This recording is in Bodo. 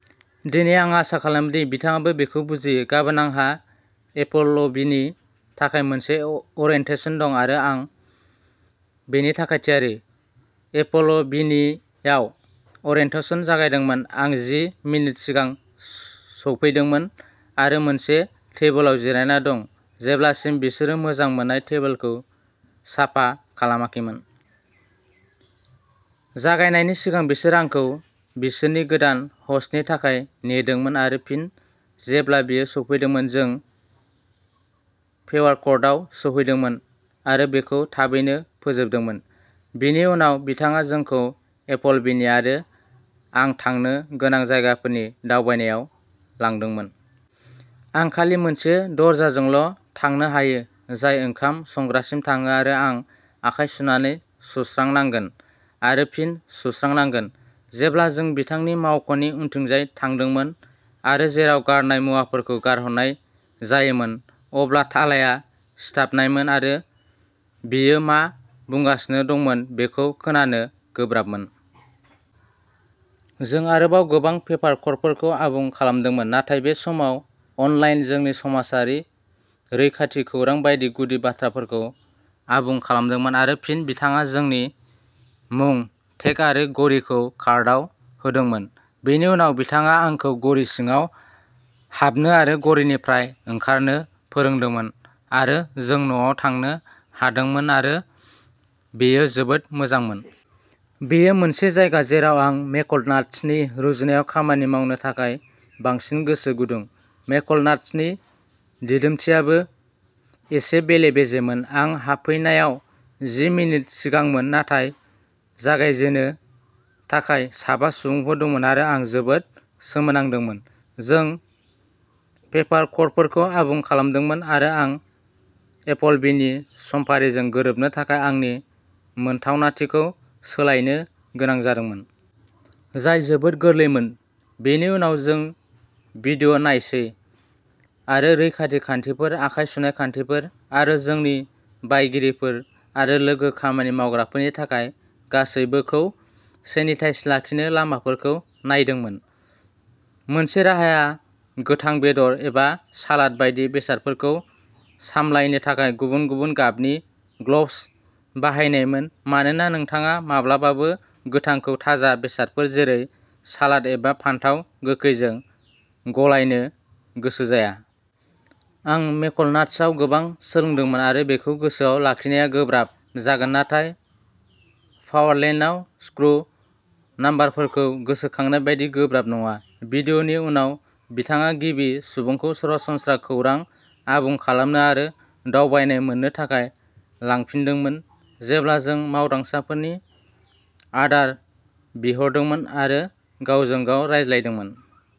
दिनै, आं आसा खालामो दि बिथाङाबो बेखौ बुजियो। गाबोन, आंहा एपलबिनि थाखाय मोनसे ओरियेन्टेशन दं आरो आं बेनि थाखाय थियारि। एपलबिनिआव ओरियेन्टेशन जागायदोंमोन। आं जि मिनिट सिगां सौफैदोंमोन आरो मोनसे टेबोलाव जिरायना दंमोन जेब्लासिम बिसोरो मोजां मोन्नाय टेबोलखौ साफा खालामाखैमोन। जागायनायनि सिगां, बिसोर आंखौ बिसोरनि गोदान ह'स्टनि थाखाय नेदोंमोन आरो फिन जेब्ला बियो सौफैदोंमोन, जों पेपारवर्कआव सौहैदोंमोन आरो बेखौ थाबैनो फोजोबदोंमोन। बिनि उनाव बिथाङा जोंखौ एपलबिनि आरो आं थानो गोनां जायगाफोरनि दावबायनायाव लांदोंमोन। आं खालि मोनसे दरजाजोंल'थांनो हायो जाय ओंखाम संग्रासिम थाङो आरो आं आखाइ सुनानै सुस्रानांगोन आरो फिन सुस्रानांगोन। जेब्ला जों बिथांनि मावख'नि उनथिंजाय थांदोंमोन आरो जेराव गारनाय मुवाफोरखौ गारहरनाय जायोमोन, अब्ला थालाया सिथाबनायमोन आरो बियो मा बुंगासिनो दंमोन बेखौ खोनानो गोब्राबमोन। जों आरोबाव गोबां पेपारवर्कफोरखौ आबुं खालामदोंमोन, नाथाय बे समाव अनलाइन जोंनि समाजारि रैखाथि खौरां बायदि गुदि बाथ्राफोरखौ आबुं खालामदोंमोन आरो फिन बिथाङा जोंनि मुं टेग आरो घरिखौ कार्डआव होदोंमोन। बेनि उनाव, बिथाङा आंखौ घरि सिङाव हाबनो आरो घरिनिफ्राय ओंखारनो फोरोंदोंमोन आरो जों न'आव थांनो हादोंमोन आरो बेयो जोबोद मोजांमोन। बेयो मोनसे जायगा जेराव आं मेकड'नाल्ड्सनि रुजुनायाव खामानि मावनो थाखाय बांसिन गोसो गुदुं। मेकड'नाल्ड्सनि दिदोमथिआबो एसे बेले-बेजेमोन। आं हाबफैनायाव जि मिनिट सिगांमोन नाथाय जागायजेननो थाखाय साबा सुबुंफोर दंमोन आरो आं जोबोद सोमोनांदोंमोन। जों पेपारवर्कफोरखौ आबुं खालामदोंमोन आरो आं एपलबिनि समफारिजों गोरोबनो थाखाय आंनि मोनथावनाथिखौ सोलायनो गोनां जादोंमोन। जाय जोबोद गोरलैमोन। बेनि उनाव जों भिडिअ'नायसै आरो रैखाथि खान्थिफोर, आखाइ सुनाय खान्थिफोर, आरो जोंनि बायगिरिफोर आरो लोगो खामानि मावग्राफोरनि थाखाय गासैबोखौ सेनिताइज लाखिनो लामाफोरखौ नायदोंमोन। मोनसे राहाया गोथां बेदर एबा सालाद बायदि बेसादफोरखौ सामलायनो थाखाय गुबुन-गुबुन गाबनि ग्लब्स बाहायनायमोन मानोना नोंथाङा माब्लाबाबो गोथांखौ ताजा बेसादफोर जेरै सालाद एबा फानथाव गोखैजों गलायनो गोसो जाया। आं मेकड'नाल्ड्सआव गोबां सोलोंदोंमोन आरो बेखौ गोसोआव लाखिनाया गोब्राब जागोन नाथाय फ्लावरलेन्डआव स्कु नम्बरफोरखौ गोसोखांनाय बायदि गोब्राब नङा। भिडिअ'नि उनाव बिथाङा गिबि सुबुंखौ सरासनस्रा खौरां आबुं खालामनो आरो दावबायनाय मोन्नो थाखाय लांफिनदोंमोन जेब्ला जों मावदांसाफोरनि आदार बिहरदोंमोन आरो गावजों-गाव रायज्लायदोंमोन।